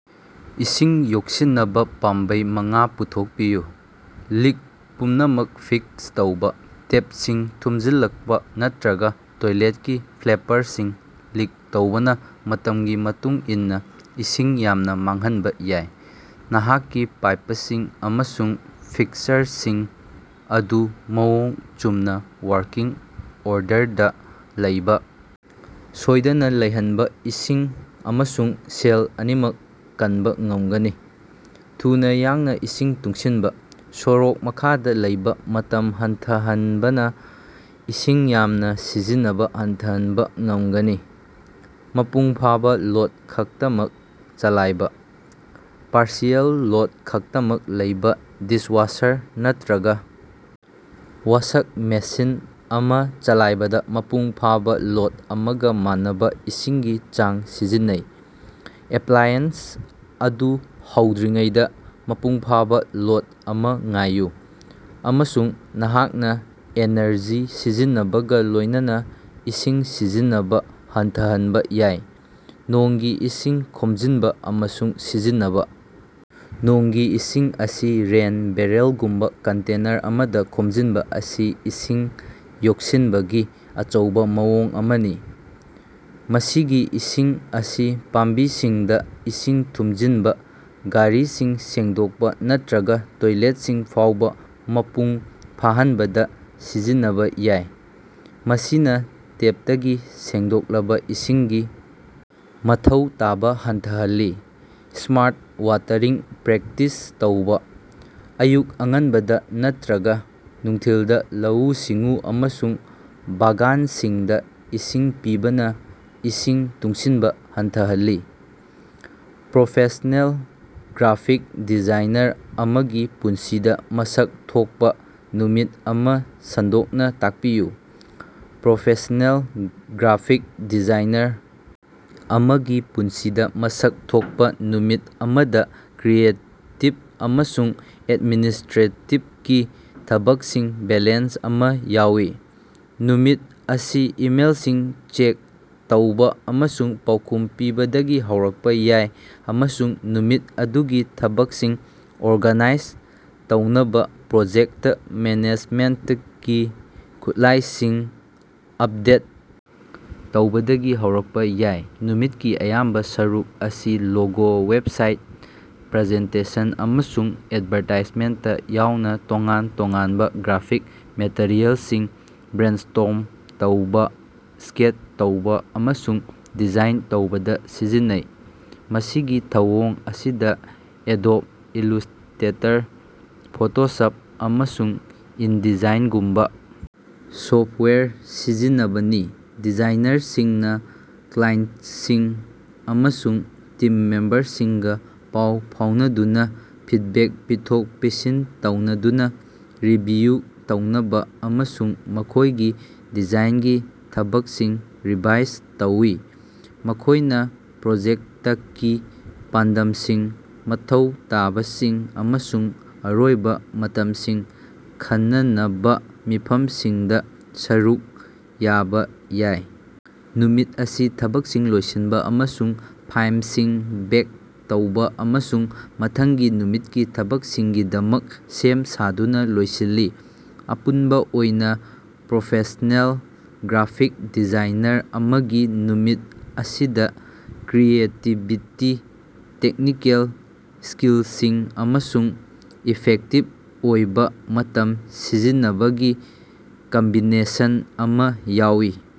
ꯏꯁꯤꯡ ꯌꯣꯛꯁꯤꯟꯅꯕ ꯄꯥꯝꯕꯩ ꯃꯉꯥ ꯄꯨꯊꯣꯛꯄꯤꯌꯨ꯫ ꯂꯤꯛ ꯄꯨꯝꯅꯃꯛ ꯐꯤꯛꯁ ꯇꯧꯕ: ꯇꯦꯞꯁꯤꯡ ꯊꯨꯝꯖꯤꯜꯂꯛꯄ ꯅꯠꯇ꯭ꯔꯒ ꯇꯣꯏꯂꯦꯠꯀꯤ ꯐ꯭ꯂꯦꯄꯔꯁꯤꯡ ꯂꯤꯛ ꯇꯧꯕꯅ ꯃꯇꯝꯒꯤ ꯃꯇꯨꯡ ꯏꯟꯅ ꯏꯁꯤꯡ ꯌꯥꯝꯅ ꯃꯥꯡꯍꯟꯕ ꯌꯥꯏ꯫ ꯅꯍꯥꯛꯀꯤ ꯄꯥꯏꯄꯁꯤꯡ ꯑꯃꯁꯨꯡ ꯐꯤꯛꯁꯆꯔꯁꯤꯡ ꯑꯗꯨ ꯃꯑꯣꯡ ꯆꯨꯝꯅ ꯋꯥꯔꯀꯤꯡ ꯑꯣꯔꯗꯔꯗ ꯂꯩꯕ ꯁꯣꯏꯗꯅ ꯂꯩꯍꯟꯕꯅ ꯏꯁꯤꯡ ꯑꯃꯁꯨꯡ ꯁꯦꯜ ꯑꯅꯤꯃꯛ ꯀꯟꯕ ꯉꯝꯒꯅꯤ꯫ ꯊꯨꯅ ꯌꯥꯡꯅ ꯏꯁꯤꯡ ꯇꯨꯡꯁꯤꯟꯕ: ꯁꯣꯔꯣꯛ ꯃꯈꯥꯗ ꯂꯩꯕ ꯃꯇꯝ ꯍꯟꯊꯍꯟꯕꯅ ꯏꯁꯤꯡ ꯌꯥꯝꯅ ꯁꯤꯖꯤꯟꯅꯕ ꯍꯟꯊꯍꯟꯕ ꯉꯝꯒꯅꯤ꯫ ꯃꯄꯨꯡ ꯐꯥꯕ ꯂꯣꯗ ꯈꯛꯇꯃꯛ ꯆꯂꯥꯏꯕ: ꯄꯥꯔꯁꯤꯑꯦꯜ ꯂꯣꯗ ꯈꯛꯇꯃꯛ ꯂꯩꯕ ꯗꯤꯁꯋꯥꯁꯔ ꯅꯠꯇ꯭ꯔꯒ ꯋꯥꯁꯛ ꯃꯦꯁꯤꯟ ꯑꯃ ꯆꯂꯥꯏꯕꯗ ꯃꯄꯨꯡ ꯐꯥꯕ ꯂꯣꯗ ꯑꯃꯒ ꯃꯥꯟꯅꯕ ꯏꯁꯤꯡꯒꯤ ꯆꯥꯡ ꯁꯤꯖꯤꯟꯅꯩ꯫ ꯑꯦꯄ꯭ꯂꯥꯏꯑꯦꯟꯁ ꯑꯗꯨ ꯍꯧꯗ꯭ꯔꯤꯉꯩꯗ ꯃꯄꯨꯡꯐꯥꯕ ꯂꯣꯗ ꯑꯃ ꯉꯥꯏꯌꯨ, ꯑꯃꯁꯨꯡ ꯅꯍꯥꯛꯅ ꯑꯦꯅꯔꯖꯤ ꯁꯤꯖꯤꯟꯅꯕꯒ ꯂꯣꯏꯅꯅ ꯏꯁꯤꯡ ꯁꯤꯖꯤꯟꯅꯕ ꯍꯟꯊꯍꯟꯕ ꯌꯥꯏ꯫ ꯅꯣꯡꯒꯤ ꯏꯁꯤꯡ ꯈꯣꯝꯖꯤꯟꯕ ꯑꯃꯁꯨꯡ ꯁꯤꯖꯤꯟꯅꯕ: ꯅꯣꯡꯒꯤ ꯏꯁꯤꯡ ꯑꯁꯤ ꯔꯦꯟ ꯕꯦꯔꯦꯜꯒꯨꯝꯕ ꯀꯟꯇꯦꯅꯔ ꯑꯃꯗ ꯈꯣꯝꯖꯤꯟꯕ ꯑꯁꯤ ꯏꯁꯤꯡ ꯌꯣꯛꯁꯤꯟꯕꯒꯤ ꯑꯆꯧꯕ ꯃꯑꯣꯡ ꯑꯃꯅꯤ꯫ ꯃꯁꯤꯒꯤ ꯏꯁꯤꯡ ꯑꯁꯤ ꯄꯥꯝꯕꯤꯁꯤꯡꯗ ꯏꯁꯤꯡ ꯊꯨꯝꯖꯤꯟꯕ, ꯒꯥꯔꯤꯁꯤꯡ ꯁꯦꯡꯗꯣꯛꯄ ꯅꯠꯇ꯭ꯔꯒ ꯇꯣꯏꯂꯦꯠꯁꯤꯡ ꯐꯥꯎꯕ ꯃꯄꯨꯡ ꯐꯥꯍꯟꯕꯗ ꯁꯤꯖꯤꯟꯅꯕ ꯌꯥꯏ, ꯃꯁꯤꯅ ꯇꯦꯞꯇꯒꯤ ꯁꯦꯡꯗꯣꯛꯂꯕ ꯏꯁꯤꯡꯒꯤ ꯃꯊꯧ ꯇꯥꯕ ꯍꯟꯊꯍꯜꯂꯤ꯫ ꯁ꯭ꯃꯥꯔꯠ ꯋꯥꯇꯔꯤꯡ ꯄ꯭ꯔꯦꯛꯇꯤꯁ ꯇꯧꯕ: ꯑꯌꯨꯛ ꯑꯉꯟꯕꯗ ꯅꯠꯇ꯭ꯔꯒ ꯅꯨꯡꯊꯤꯜꯗ ꯂꯧꯎ-ꯁꯤꯡꯎ ꯑꯃꯁꯨꯡ ꯕꯥꯒꯥꯟꯁꯤꯡꯗ ꯏꯁꯤꯡ ꯄꯤꯕꯅ ꯏꯁꯤꯡ ꯇꯨꯡꯁꯤꯟꯕ ꯍꯟꯊꯍꯜꯂꯤ꯫ ꯄ꯭ꯔꯣꯐꯦꯁ꯭ꯅꯦꯜ ꯒ꯭ꯔꯥꯐꯤꯛ ꯗꯤꯖꯥꯏꯅꯔ ꯑꯃꯒꯤ ꯄꯨꯟꯁꯤꯗ ꯃꯁꯛ ꯊꯣꯛꯄ ꯅꯨꯃꯤꯠ ꯑꯃ ꯁꯟꯗꯣꯛꯅ ꯇꯥꯛꯄꯤꯌꯨ꯫ ꯄ꯭ꯔꯣꯐꯦꯁ꯭ꯅꯦꯜ ꯒ꯭ꯔꯥꯐꯤꯛ ꯗꯤꯖꯥꯏꯅꯔ ꯑꯃꯒꯤ ꯄꯨꯟꯁꯤꯗ ꯃꯁꯛ ꯊꯣꯛꯄ ꯅꯨꯃꯤꯠ ꯑꯃꯗ ꯀ꯭ꯔꯤꯌꯦꯇꯤꯕ ꯑꯃꯁꯨꯡ ꯑꯦꯗꯃꯤꯅꯤꯁ꯭ꯇꯔꯦꯇꯤꯕꯀꯤ ꯊꯕꯛꯁꯤꯡꯒꯤ ꯕꯦꯂꯦꯟꯁ ꯑꯃ ꯌꯥꯎꯏ꯫ ꯅꯨꯃꯤꯠ ꯑꯁꯤ ꯏꯃꯦꯜꯁꯤꯡ ꯆꯦꯛ ꯇꯧꯕ ꯑꯃꯁꯨꯡ ꯄꯥꯎꯈꯨꯝ ꯄꯤꯕꯗꯒꯤ ꯍꯧꯔꯛꯄ ꯌꯥꯏ ꯑꯃꯁꯨꯡ ꯅꯨꯃꯤꯠ ꯑꯗꯨꯒꯤ ꯊꯕꯛꯁꯤꯡ ꯑꯣꯔꯒꯅꯥꯏꯖ ꯇꯧꯅꯕ ꯄ꯭ꯔꯣꯖꯦꯛꯇ ꯃꯦꯅꯦꯖꯃꯦꯟꯇꯀꯤ ꯈꯨꯠꯂꯥꯏꯁꯤꯡ ꯑꯄꯗꯦꯠ ꯇꯧꯕꯗꯒꯤ ꯍꯧꯔꯀꯄꯥ ꯌꯥꯏ꯫ ꯅꯨꯃꯤꯠꯀꯤ ꯑꯌꯥꯝꯕ ꯁꯔꯨꯛ ꯑꯁꯤ ꯂꯣꯒꯣ, ꯋꯦꯕꯁꯥꯏꯠ, ꯄ꯭ꯔꯖꯦꯟꯇꯦꯁꯟ, ꯑꯃꯁꯨꯡ ꯑꯦꯗꯚꯥꯔꯇꯥꯏꯖꯃꯦꯟꯇ ꯌꯥꯎꯅ ꯇꯣꯉꯥꯟ ꯇꯣꯉꯥꯟꯕ ꯒ꯭ꯔꯥꯐꯤꯛ ꯃꯦꯇꯔꯤꯑꯦꯜꯁꯤꯡ ꯕ꯭ꯔꯦꯟꯁ꯭ꯇꯣꯔꯝ ꯇꯧꯕ, ꯁ꯭ꯀꯦꯠ ꯇꯧꯕ ꯑꯃꯁꯨꯡ ꯗꯤꯖꯥꯏꯟ ꯇꯧꯕꯗ ꯁꯤꯖꯤꯟꯅꯩ꯫ ꯃꯁꯤꯒꯤ ꯊꯧꯑꯣꯡ ꯑꯁꯤꯗ ꯑꯦꯗꯣꯕ ꯏꯜꯂꯨꯁ꯭ꯇꯦꯇꯔ, ꯐꯣꯇꯣꯁꯞ, ꯑꯃꯁꯨꯡ ꯏꯟꯗꯤꯖꯥꯏꯟꯒꯨꯝꯕ ꯁꯣꯐ꯭ꯇꯋꯦꯔ ꯁꯤꯖꯤꯟꯅꯕꯅꯤ꯫ ꯗꯤꯖꯥꯏꯅꯔꯁꯤꯡꯅ ꯀ꯭ꯂꯥꯏꯟꯇꯁꯤꯡ ꯑꯃꯁꯨꯡ ꯇꯤꯝ ꯃꯦꯝꯕꯔꯁꯤꯡꯒ ꯄꯥꯎ ꯐꯥꯎꯅꯗꯨꯅ ꯐꯤꯗꯕꯦꯛ ꯄꯤꯊꯣꯛ-ꯄꯤꯁꯤꯟ ꯇꯧꯅꯗꯨꯅ, ꯔꯤꯚꯤꯌꯨ ꯇꯧꯅꯕ ꯑꯃꯁꯨꯡ ꯃꯈꯣꯏꯒꯤ ꯗꯤꯖꯥꯏꯟꯒꯤ ꯊꯕꯛꯁꯤꯡ ꯔꯤꯚꯥꯏꯖ ꯇꯧꯏ꯫ ꯃꯈꯣꯏꯅ ꯄ꯭ꯔꯣꯖꯦꯛꯇꯀꯤ ꯄꯥꯟꯗꯝꯁꯤꯡ, ꯃꯊꯧ ꯇꯥꯕꯁꯤꯡ ꯑꯃꯁꯨꯡ ꯑꯔꯣꯏꯕ ꯃꯇꯝꯁꯤꯡ ꯈꯟꯅꯅꯕ ꯃꯤꯐꯝꯁꯤꯡꯗ ꯁꯔꯨꯛ ꯌꯥꯕ ꯌꯥꯏ꯫ ꯅꯨꯃꯤꯠ ꯑꯁꯤ ꯊꯕꯛꯁꯤꯡ ꯂꯣꯏꯁꯤꯟꯕ ꯑꯃꯁꯨꯡ ꯐꯥꯏꯝꯁꯤꯡ ꯕꯦꯛ ꯇꯧꯕ ꯑꯃꯁꯨꯡ ꯃꯊꯪꯒꯤ ꯅꯨꯃꯤꯠꯀꯤ ꯊꯕꯛꯁꯤꯡꯒꯤꯗꯃꯛ ꯁꯦꯝ ꯁꯥꯗꯨꯅ ꯂꯣꯏꯁꯤꯜꯂꯤ꯫ ꯑꯄꯨꯟꯕ ꯑꯣꯏꯅ ꯄ꯭ꯔꯣꯐꯦꯁ꯭ꯅꯦꯜ ꯒ꯭ꯔꯥꯐꯤꯛ ꯗꯤꯖꯥꯏꯅꯔ ꯑꯃꯒꯤ ꯅꯨꯃꯤꯠ ꯑꯁꯤꯗ ꯀ꯭ꯔꯤꯌꯦꯇꯤꯕꯤꯇꯤ, ꯇꯦꯛꯅꯤꯀꯦꯜ ꯁ꯭ꯀꯤꯜꯁꯤꯡ ꯑꯃꯁꯨꯡ ꯏꯐꯦꯛꯇꯤꯕ ꯑꯣꯏꯕ ꯃꯇꯝ ꯁꯤꯖꯤꯟꯅꯕꯒꯤ ꯀꯝꯕꯤꯅꯦꯁꯟ ꯑꯃ ꯌꯥꯎꯏ꯫